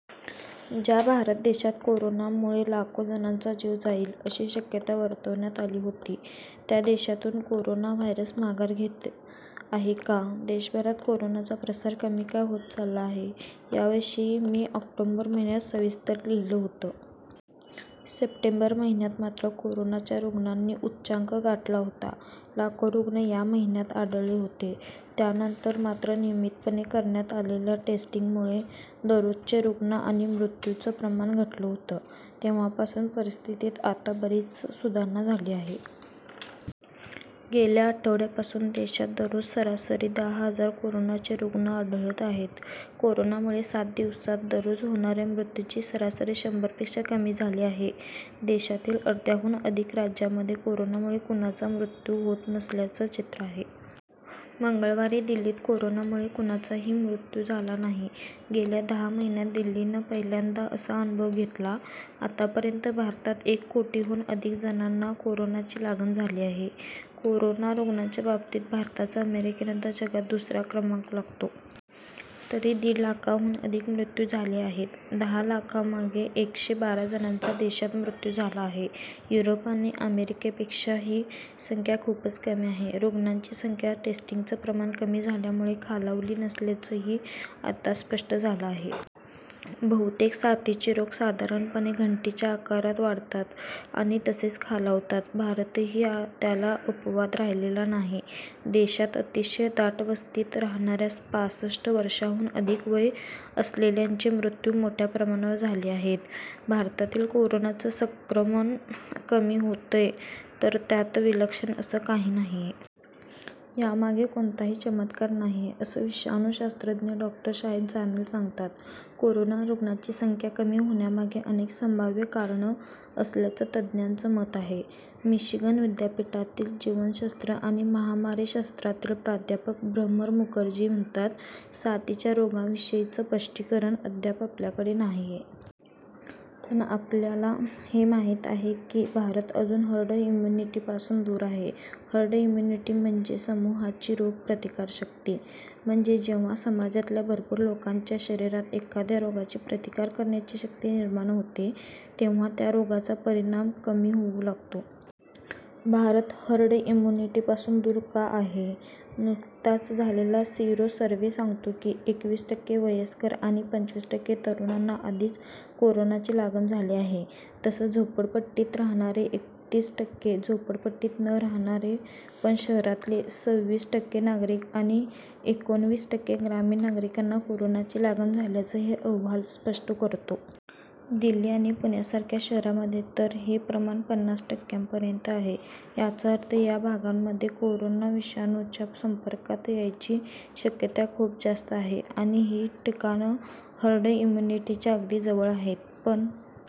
ज्या भारत देशात कोरोनामुळे लाखो जणांचा जीव जाईल, अशी शक्यता वर्तवण्यात आली होती, त्या देशातून कोरोना व्हायरस माघार घेत आहे का? देशभरात कोरोनाचा प्रसार कमी का होत चालला आहे, याविषयी मी ऑक्टोबर महिन्यात सविस्तर लिहिलं होतं. सप्टेंबर महिन्यात मात्र कोरोनाच्या रुग्णांनी उच्चांक गाठला होता. लाखो रुग्ण या महिन्यात आढळले होते. त्यानंतर मात्र नियमितपणे करण्यात आलेल्या टेस्टिंगमुळे दररोजचे रुग्ण आणि मृत्यूंचं प्रमाण घटलं होतं. तेव्हापासून परिस्थितीत आता बरीच सुधारणा झाली आहे. गेल्या आठवड्यापासून देशात दररोज सरासरी दहा हजार कोरोनाचे रुग्ण आढळत आहेत. कोरोनामुळे सात दिवसांत दररोज होणाऱ्या मृत्यूंची सरासरी शंभर पेक्षा कमी झाली आहे. देशातील अर्ध्याहून अधिक राज्यांमध्ये कोरोनामुळे कुणाचा मृत्यू होत नसल्याचं चित्र आहे. मंगळवारी दिल्लीत कोरोनामुळे कुणाचाही मृत्यू झाला नाही. गेल्या दहा महिन्यांत दिल्लीनं पहिल्यांदा असा अनुभव घेतला. आतापर्यंत भारतात एक कोटींहून अधिक जणांना कोरोनाची लागण झाली आहे. कोरोना रुग्णांच्या बाबतीत भारताचा अमेरिकेनंतर जगात दुसरा क्रमांक लागतो. तर दीड लाखांहून अधिक मृत्यू झाले आहेत. दहा लाखांमागे एकशे बारा जणांचा देशात मृत्यू झाला आहे. युरोप आणि अमेरिकापेक्षा ही संख्या खूपच कमी आहे. रुग्णांची संख्या टेस्टिंगचं प्रमाण कमी झाल्यामुळे खालावली नसल्याचंही आता स्पष्ट झालं आहे. बहुतेक साथीचे रोग साधारणपणे घंटीच्या आकारात वाढतात आणि तसेच खालावतात. भारतही त्याला अपवाद राहिलेला नाही. देशात अतिशय दाटवस्तीत राहणाऱ्या पासष्ट वर्षांहून अधिक वय असलेल्यांचे मृत्यू मोठ्या प्रमाणावर झाले आहेत. भारतातील कोरोनाचं संक्रमण कमी होतंय तर त्यात विलक्षण असं काही नाहीये. यामागे कोणताही चमत्कार नाहीये, असं विषाणूशास्त्रज्ञ डॉ. शाहीद जामील सांगतात. कोरोना रुग्णांची संख्या कमी होण्यामागे अनेक संभाव्य कारणं असल्याचं तज्ञांचं मत आहे. मिशिगन विद्यापीठातील जीवशास्त्र आणि महामारीशास्त्रातील प्राध्यापक भ्रमर मुखर्जी म्हणतात साथीच्या रोगाविषयीचं स्पष्टीकरण अद्याप आपल्याकडे नाहीये. पण आपल्याला हे माहिती आहे की भारत अजून हर्ड इम्यूनिटीपासून दूर आहे. हर्ड इम्युनिटी म्हणजे समूहाची रोग प्रतिकारकशक्ती. म्हणजे जेव्हा समाजातल्या भरपूर लोकांच्या शरीरात एखाद्या रोगाची प्रतिकार करण्याची शक्ती निर्माण होते, तेव्हा त्या रोगाचा परिणाम कमी होऊ लागतो. भारत हर्ड इम्यूनिटीपासून दूर का आहे? नुकताच झालेला सिरो सर्व्हे सांगतो की, एकवीस टक्के वयस्कर आणि पंचवीस टक्के तरुणांना आधीच कोरोनाची लागण झाली आहे. तसंच झोपडपट्टीत राहणारे एकत्तीस टक्के, झोपडपट्टीत न राहणारे पण शहरातले संविस टक्के नागरिक आणि एकोणविस टक्के ग्रामीण नागरिकांना कोरोनाची लागण झाल्याचंही अहवाल स्पष्ट करतो. दिल्ली आणि पुण्यासारख्या शहरांमध्ये तर हे प्रमाण पन्नास टक्क्यांपर्यंत आहे. याचा अर्थ या भागांमध्ये कोरोना विषाणूच्या संपर्कात यायची शक्यता खूप जास्त आहे आणि ही ठिकाणं हर्ड इम्यूनिटीच्या अगदी जवळ आहेत. पण